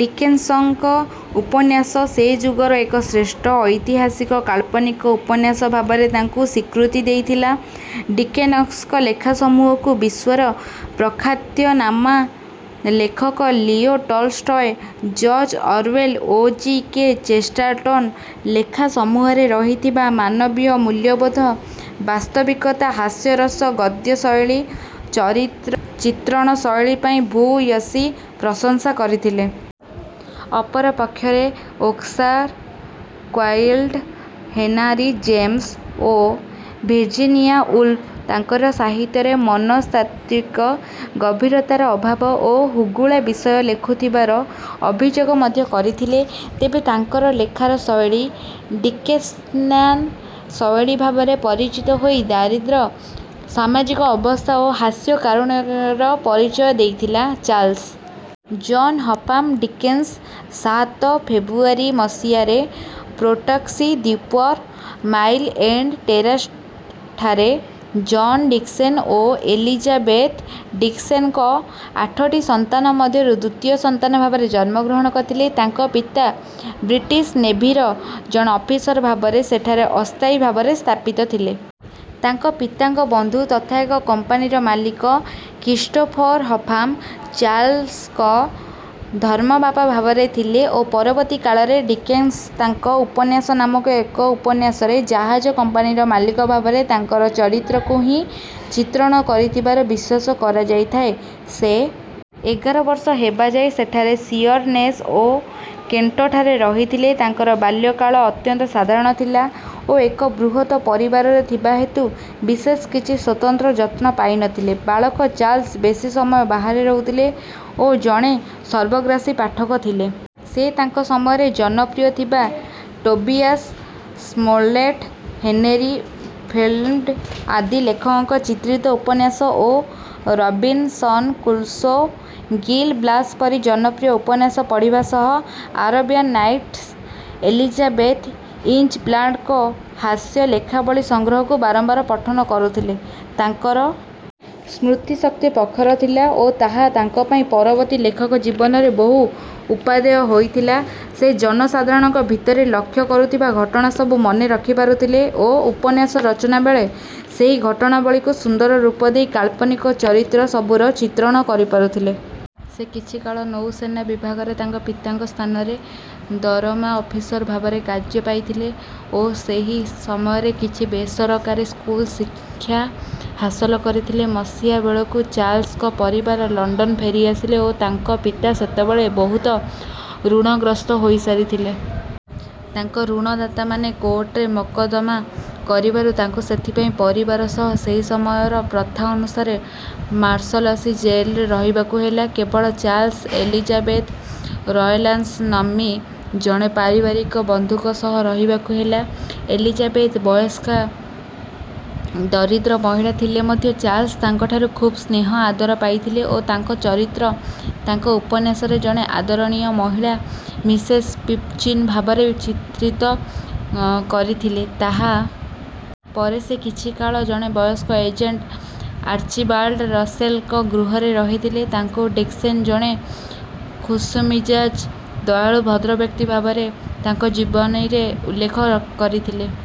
ଡିକେନ୍ସଙ୍କ ଉପନ୍ୟାସ ସେ ଯୁଗର ଏକ ଶ୍ରେଷ୍ଠ ଐତିହାସିକ କାଳ୍ପନିକ ଉପନ୍ୟାସ ଭାବରେ ତାଙ୍କୁ ସ୍ୱୀକୃତି ଦେଇଥିଲା। ଡିକେନସ୍କ ଲେଖାସମୂହକୁ ବିଶ୍ୱର ପ୍ରଖାତ୍ୟ ନାମା ଲେଖକ ଲିଓ ଟଲଷ୍ଟୟ, ଜର୍ଜ ଅରୱେଲ୍ ଓ ଜି. କେ. ଚେଷ୍ଟାରଟନ୍‌ ଲେଖାସମୂହରେ ରହିଥିବା ମାନବୀୟ ମୂଲ୍ୟବୋଧ, ବାସ୍ତବିକତା, ହାସ୍ୟରସ, ଗଦ୍ୟଶୈଳୀ, ଚରିତ୍ର ଚିତ୍ରଣ ଶୈଳୀ ପାଇଁ ଭୂୟସୀ ପ୍ରଶଂସା କରିଥିଲେ। ଅପରପକ୍ଷରେ ଓକ୍ସାର କ୍ଵାଇଲ୍ଡ, ହେନାରୀ ଜେମ୍ସ ଓ ଭିର୍ଜିନିଆ ଉଲ୍ଫ ତାଙ୍କର ସାହିତ୍ୟରେ ମନସ୍ତାତ୍ତ୍ୱିକ ଗଭୀରତାର ଅଭାବ ଓ ହୁଗୁଳା ବିଷୟ ଲେଖୁଥିବାର ଅଭିଯୋଗ ମଧ୍ୟ କରିଥିଲେ। ତେବେ ତାଙ୍କର ଲେଖାର ଶୈଳୀ ଡିକେସ୍ନାନ୍ ଶୈଳୀ ଭାବରେ ପରିଚିତ ହୋଇ ଦାରିଦ୍ର ସାମାଜିକ ଅବସ୍ଥା ଓ ହାସ୍ୟ କାରୁଣ୍ୟର ପରିଚୟ ଦେଇଥିଲା। ଚାର୍ଲ୍ସ ଜନ୍ ହଫାମ୍ ଡିକେନ୍ସ ସାତ ଫେବ୍ରୁଆରୀ ମସିହାରେ ପ୍ରୋଟକ୍ସି ଦ୍ୱୀପର ମାଇଲ୍ ଏଣ୍ଡ୍ ଟେରସ୍‌ଠାରେ ଜନ୍ ଡିକ୍ସେନ୍ ଓ ଏଲିଜାବେଥ ଡିକ୍ସେନ୍ ଙ୍କ ଆଠଟି ସନ୍ତାନ ମଧ୍ୟରୁ ଦ୍ୱିତୀୟ ସନ୍ତାନ ଭାବରେ ଜନ୍ମଗ୍ରହଣ କରିଥିଲେ। ତାଙ୍କ ପିତା ବ୍ରିଟିଶ୍ ନେଭିର ଜଣେ ଅଫିସର ଭାବରେ ସେଠାରେ ଅସ୍ଥାୟୀ ଭାବରେ ସ୍ଥାପିତ ଥିଲେ। ତାଙ୍କ ପିତାଙ୍କ ବନ୍ଧୁ ତଥା ଏକ କମ୍ପାନୀର ମାଲିକ କ୍ରିଷ୍ଟୋଫର୍ ହଫାମ୍ ଚାର୍ଲ୍ସଙ୍କ ଧର୍ମବାପା ଭାବରେ ଥିଲେ ଓ ପରବର୍ତ୍ତୀ କାଳରେ ଡିକେନ୍ସ ତାଙ୍କ ଉପନ୍ୟାସ ନାମକ ଏକ ଉପନ୍ୟାସରେ ଜାହାଜ କମ୍ପାନୀର ମାଲିକ ଭାବରେ ତାଙ୍କର ଚରିତ୍ରକୁ ହିଁ ଚିତ୍ରଣ କରିଥିବାର ବିଶ୍ୱାସ କରାଯାଇଥାଏ। ସେ ଏଗାର ବର୍ଷ ହେବା ଯାଏ ସେଠାରେ ଶିଅର୍‌ନେସ୍ ଓ କେଣ୍ଟଠାରେ ରହିଥିଲେ। ତାଙ୍କର ବାଲ୍ୟକାଳ ଅତ୍ୟନ୍ତ ସାଧାରଣ ଥିଲା ଓ ଏକ ବୃହତ୍ ପରିବାରରେ ଥିବା ହେତୁ ବିଶେଷ କିଛି ସ୍ୱତନ୍ତ୍ର ଯତ୍ନ ପାଇ ନ ଥିଲେ। ବାଳକ ଚାର୍ଲ୍ସ ବେଶି ସମୟ ବାହାରେ ରହୁଥିଲେ ଓ ଜଣେ ସର୍ବଗ୍ରାସୀ ପାଠକ ଥିଲେ। ସେ ତାଙ୍କ ସମୟରେ ଜନପ୍ରିୟ ଥିବା ଟୋବିଆସ୍ ସ୍ମୋଲେଟ୍ ହେନେରୀ ଫିଲ୍ଣ୍ଡ ଆଦି ଲେଖକଙ୍କ ଚିତ୍ରିତ ଉପନ୍ୟାସ ଓ ରବିନ୍‌ସନ୍ କ୍ରୁଶୋ, ଗିଲ୍ ବ୍ଲାସ୍ ପରି ଜନପ୍ରିୟ ଉପନ୍ୟାସ ପଢ଼ିବା ସହ ଆରବିଆନ୍ ନାଇଟ୍ସ, ଏଲିଜାବେଥ୍ ଇଞ୍ଚବ୍ଲାଣ୍ଡଙ୍କ ହାସ୍ୟ ଲେଖାବଳୀ ସଂଗ୍ରହକୁ ବାରମ୍ବାର ପଠନ କରୁଥିଲେ। ତାଙ୍କର ସ୍ମୃତିଶକ୍ତି ପ୍ରଖର ଥିଲା ଓ ତାହା ତାଙ୍କ ପାଇଁ ପରବର୍ତ୍ତୀ ଲେଖକ ଜୀବନରେ ବହୁ ଉପାଦେୟ ହୋଇଥିଲା। ସେ ଜନସାଧାରଣଙ୍କ ଭିତରେ ଲକ୍ଷ୍ୟ କରୁଥିବା ଘଟଣାସବୁ ମନେ ରଖିପାରୁଥିଲେ ଓ ଉପନ୍ୟାସ ରଚନା ବେଳେ ସେହି ଘଟଣାବଳୀକୁ ସୁନ୍ଦର ରୂପ ଦେଇ କାଳ୍ପନିକ ଚରିତ୍ର ସବୁର ଚିତ୍ରଣ କରିପାରୁଥିଲେ। ସେ କିଛିକାଳ ନୌସେନା ବିଭାଗରେ ତାଙ୍କ ପିତାଙ୍କ ସ୍ଥାନରେ ଦରମା ଅଫିସର ଭାବରେ କାର୍ଯ୍ୟ ପାଇଥିଲେ ଓ ସେହି ସମୟରେ କିଛି ବେସରକାରୀ ସ୍କୁଲ ଶିକ୍ଷା ହାସଲ କରିଥିଲେ। ମସିହା ବେଳକୁ ଚାର୍ଲ୍ସଙ୍କ ପରିବାର ଲଣ୍ଡନ ଫେରିଆସିଲେ ଓ ତାଙ୍କ ପିତା ସେତେବେଳେ ବହୁତ ଋଣଗ୍ରସ୍ତ ହୋଇସାରିଥିଲେ। ତାଙ୍କ ଋଣଦାତାମାନେ କୋର୍ଟରେ ମକଦ୍ଦମା କରିବାରୁ ତାଙ୍କୁ ସେଥିପାଇଁ ପରିବାର ସହ ସେହି ସମୟର ପ୍ରଥା ଅନୁସାରେ ମାର୍ଶଲାସୀ ଜେଲ୍‌ରେ ରହିବାକୁ ହେଲା। କେବଳ ଚାର୍ଲ୍ସ ଏଲିଜାବେଥ୍ ରୟଲାନ୍ସ ନାମ୍ନୀ ଜଣେ ପାରିବାରିକ ବନ୍ଧୁଙ୍କ ସହ ରହିବାକୁ ହେଲା। ଏଲିଜାବେଥ୍ ବୟସ୍କା ଦରିଦ୍ର ମହିଳା ଥିଲେ ମଧ୍ୟ ଚାର୍ଲ୍ସ ତାଙ୍କଠାରୁ ଖୁବ୍ ସ୍ନେହ ଆଦର ପାଇଥିଲେ ଓ ତାଙ୍କ ଚରିତ୍ର ତାଙ୍କ ଉପନ୍ୟାସରେ ଜଣେ ଆଦରଣୀୟା ମହିଳା ମିସେସ୍ ପିପ୍‌ଚିନ୍ ଭାବରେ ଚିତ୍ରିତ କରିଥିଲେ। ତାହା ପରେ ସେ କିଛିକାଳ ଜଣେ ବୟସ୍କ ଏଜେଣ୍ଟ ଆର୍ଚିବାଲ୍ଡ ରସେଲ୍ ଙ୍କ ଗୃହରେ ରହିଥିଲେ। ତାଙ୍କୁ ଡିକ୍ସେନ୍ ଜଣେ ଖୁସ୍‌ମିଜାଜ୍, ଦୟାଳୁ ଭଦ୍ରବ୍ୟକ୍ତି ଭାବରେ ତାଙ୍କ ଜୀବନୀରେ ଉଲ୍ଲେଖ କରିଥିଲେ।